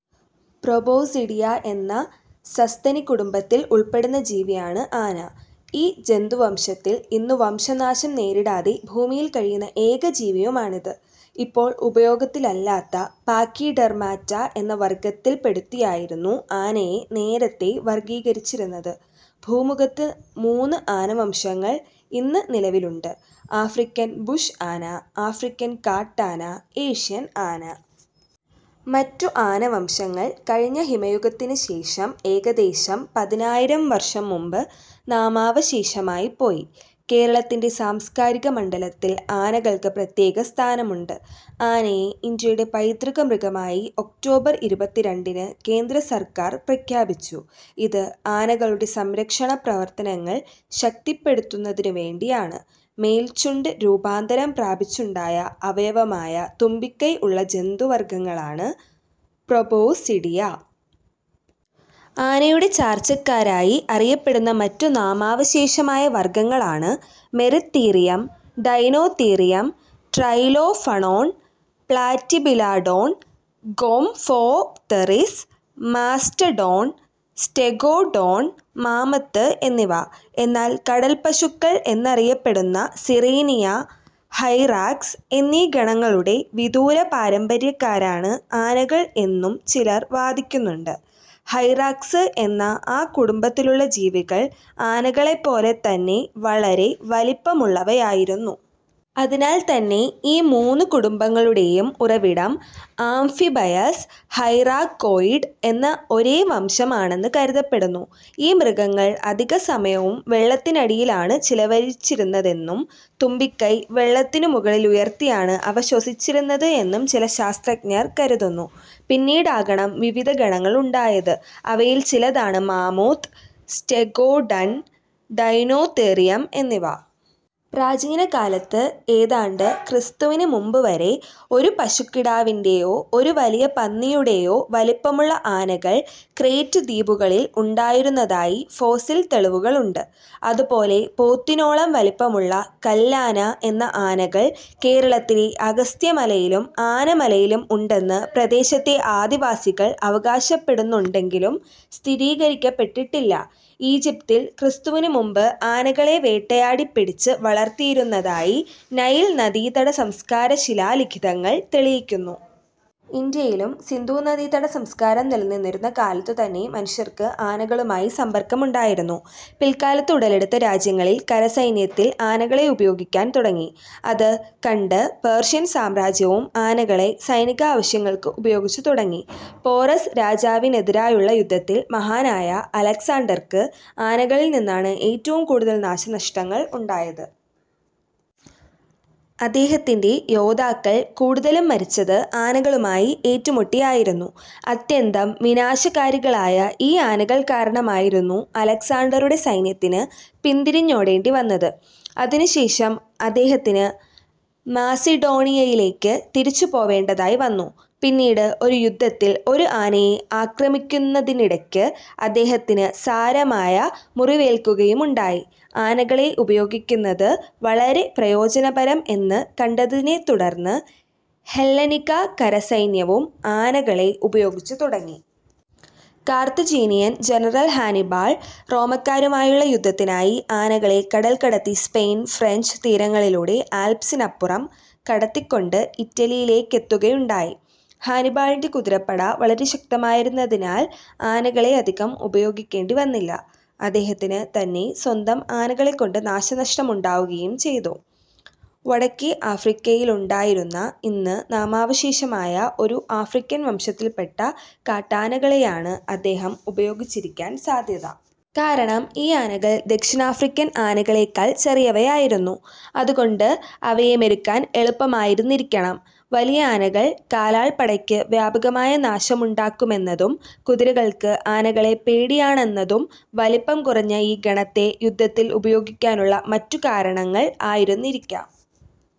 Proboscidea എന്ന സസ്തനികുടുംബത്തിൽ ഉൾപ്പെടുന്ന ജീവിയാണ് ആന. ഈ ജന്തുവംശത്തിൽ ഇന്നു വംശനാശം നേരിടാതെ ഭൂമിയിൽ കഴിയുന്ന ഏക ജീവിയുമാണിത്. ഇപ്പോൾ ഉപയോഗത്തിലില്ലാത്ത പാക്കിഡെർമാറ്റ എന്ന വർഗ്ഗത്തിൽ പെടുത്തിയായിരുന്നു ആനയെ നേരത്തേ വർഗ്ഗീകരിച്ചിരുന്നത്. ഭൂമുഖത്ത് മൂന്ന് ആനവംശങ്ങൾ ഇന്ന് നിലവിലുണ്ട്: ആഫ്രിക്കൻ ബുഷ് ആന, ആഫ്രിക്കൻ കാട്ടാന, ഏഷ്യൻ ആന. മറ്റു ആനവംശങ്ങൾ കഴിഞ്ഞ ഹിമയുഗത്തിനു ശേഷം, എകദേശം പതിനായിരം വർഷം മുൻപ് നാമാവശേഷമായിപ്പോയി. കേരളത്തിന്റെ സാംസ്കാരികമണ്ഡലത്തിൽ ആനകൾക്ക് പ്രത്യേക സ്ഥാനമുണ്ട്. ആനയെ ഇന്ത്യയുടെ പൈതൃക മൃഗമായി ഒക്ടോബർ ഇരുപത്തിരണ്ടിന് കേന്ദ്ര സർക്കാർ പ്രഖ്യാപിച്ചു. ഇത്, ആനകളുടെ സംരക്ഷണ പ്രവർത്തനങ്ങൾ ശക്തിപ്പെടുത്തുന്നതിനുവേണ്ടിയാണ്. മേൽച്ചുണ്ട് രൂപാന്തരം പ്രാപിച്ചുണ്ടായ അവയവമായ തുമ്പിക്കൈ ഉള്ള ജന്തുവർഗ്ഗങ്ങളാണ് പ്രൊബോസിഡിയ. ആനയുടെ ചാർച്ചക്കാരായി അറിയപ്പെടുന്ന മറ്റു നാമാവശേഷമായ വർഗ്ഗങ്ങൾ ആണ് Moeritherium, Deinotherium, Trilophodon, Platybelodon, gomphotheres, mastodon, Stegodon, mammoth എന്നിവ. എന്നാൽ കടൽപ്പശുക്കൾ എന്നറിയപ്പെടുന്ന സിറേനിയ, ഹൈറാക്സ് എന്നീ ഗണങ്ങളുടെ വിദൂരപാരമ്പര്യക്കാരാണ് ആനകൾ എന്നും ചിലർ വാദിക്കുന്നുണ്ട്. ഹൈറാക്സ് എന്ന ആ കുടുംബത്തിലുള്ള ജീവികൾ ആനകളെപ്പോലെത്തന്നെ വളരെ വലിപ്പമുള്ളവയായിരുന്നു. അതിനാൽ തന്നെ ഈ മൂന്നു കുടുംബങ്ങളുടേയും ഉറവിടം ആംഫിബയസ് ഹൈറാകോയ്ഡ് എന്ന ഒരേ വംശം ആണെന്നു കരുതപ്പെടുന്നു. ഈ മൃഗങ്ങൾ അധിക സമയവും വെള്ളത്തിനടിയിലാണു ചിലവഴിച്ചിരുന്നതെന്നും തുമ്പിക്കൈ വെള്ളത്തിനു മുകളിൽ ഉയർത്തിയാണ് അവ ശ്വസിച്ചിരുന്നത് എന്നും ചില ശാസ്ത്രജ്ഞർ കരുതുന്നു. പിന്നീടാകണം വിവിധ ഗണങ്ങളുണ്ടായത്. അവയിൽ ചിലതാണ് മാമോത്ത്, സ്റ്റെഗോഡൻ, ഡൈനോതെറിയം എന്നിവ. പ്രാചീനകാലത്ത്, ഏതാണ്ട് ക്രി. മു. വരെ, ഒരു പശുക്കിടാവിന്റേയോ, ഒരു വലിയ പന്നിയുടേയോ വലിപ്പമുള്ള ആനകൾ ക്രേറ്റ് ദ്വീപുകളിൽ ഉണ്ടായിരുന്നതായി ഫോസിൽ തെളിവുകളുണ്ട്. അതുപോലെ പോത്തിനോളം വലിപ്പമുള്ള കല്ലാന എന്ന ആനകൾ, കേരളത്തിലെ അഗസ്ത്യമലയിലും ആനമലയിലും ഉണ്ടെന്നു പ്രദേശത്തെ ആദിവാസികൾ അവകാശപ്പെടുന്നുണ്ടെങ്കിലും സ്ഥിരീകരിക്കപ്പെട്ടിട്ടില്ല. ഈജിപ്തിൽ ക്രിസ്തുവിനു മുമ്പ് ആനകളെ വേട്ടയാടി പിടിച്ച് വളർത്തിയിരുന്നതായി നൈൽ നദീതടസംസ്കാരശിലാ ലിഖിതങ്ങൾ തെളിയിക്കുന്നു. ഇന്ത്യയിലും സിന്ധു നദീതട സംസ്കാരംനിലനിന്നിരുന്ന കാലത്തുതന്നെ മനുഷ്യർക്ക് ആനകളുമായി സമ്പർക്കമുണ്ടായിരുന്നു. പിൽക്കാലത്ത് ഉടലെടുത്ത രാജ്യങ്ങളിൽ കരസൈന്യത്തിൽ ആനകളെ ഉപയോഗിക്കാൻ തുടങ്ങി. അത് കണ്ട്പേർഷ്യൻ സാമ്രാജ്യവും ആനകളെ സൈനികാവശ്യങ്ങൾക്ക് ഉപയോഗിച്ച് തുടങ്ങി. പോറസ്സ് രാജാവിനെതിരായുള്ള യുദ്ധത്തിൽ മഹാനായ അലക്സാണ്ടർക്ക് ആനകളിൽ നിന്നാണ് ഏറ്റവും കൂടുതൽ നാശനഷ്ടങ്ങൾ ഉണ്ടായത്. അദ്ദേഹത്തിന്റെ യോദ്ധാക്കൾ കൂടുതലും മരിച്ചത് ആനകളുമായി ഏറ്റുമുട്ടിയായിരുന്നു. അത്യന്തം വിനാശകാരികളായ ഈ ആനകൾ കാരണമായിരുന്നു അലക്സാണ്ടറുടെ സൈന്യത്തിന്ന് പിന്തിരിഞ്ഞോടേണ്ടിവന്നത്. അതിനുശേഷം അദ്ദേഹത്തിന് മാസിഡോണിയയിലേക്ക് തിരിച്ചു പോവേണ്ടതായി വന്നു. പിന്നീട് ഒരു യുദ്ധത്തിൽ ഒരു ആനയെ ആക്രമിക്കുന്നതിനിടക്ക് അദ്ദേഹത്തിന് സാരമായ മുറിവേൽക്കുകയുമുണ്ടായി. ആനകളെ ഉപയോഗിക്കുന്നത് വളരെ പ്രയോജനപരം എന്ന് കണ്ടതിനെത്തുടർന്ന് ഹെല്ലനിക കരസൈന്യവും ആനകളെ ഉപയോഗിച്ച് തുടങ്ങി. കാർത്തജീനിയൻ ജനറൽ ഹാനിബാൾ റോമാക്കാരുമായുള്ള യുദ്ധത്തിനായി ആനകളെ കടൽ കടത്തി സ്പെയിൻ, ഫ്രഞ്ച് തീരങ്ങളിലൂടെ ആൽപ്പ്സിനപ്പുറം കടത്തിക്കൊണ്ട് ഇറ്റലിയിലേക്കെത്തുകയുണ്ടായി. ഹാനിബാളിന്റെ കുതിരപ്പട വളരെ ശക്തമായിരുന്നതിനാൽ ആനകളെ അധികം ഉപയോഗിക്കേണ്ടി വന്നില്ല. അദ്ദേഹത്തിന് തന്നെ സ്വന്തം ആനകളെകൊണ്ട് നാശനഷ്ടമുണ്ടാവുകയും ചെയ്തു. വടക്കേ ആഫ്രിക്കയിലുണ്ടായിരുന്ന, ഇന്ന് നാമാവശേഷമായ ഒരു ആഫ്രിക്കൻ വംശത്തിൽപ്പെട്ട കാട്ടാനകളെയാണ് അദ്ദേഹം ഉപയോഗിച്ചിരിക്കാൻ സാദ്ധ്യത. കാരണം ഈ ആനകൾ ദക്ഷിണാഫ്രിക്കൻ ആനകളേക്കാൾ ചെറിയവയായിരുന്നു; അതുകൊണ്ട് അവയെ മെരുക്കാൻ എളുപ്പമായിരുന്നിരിക്കണം. വലിയ ആനകൾ കാലാൾപ്പടയ്ക്ക് വ്യാപകമായ നാശമുണ്ടാക്കുമെന്നതും കുതിരകൾക്ക് ആനകളെ പേടിയാണെന്നതും വലിപ്പം കുറഞ്ഞ ഈ ഗണത്തെ യുദ്ധത്തിൽ ഉപയോഗിക്കാനുള്ള മറ്റു കാരണങ്ങൾ ആയിരുന്നിരിക്കാം.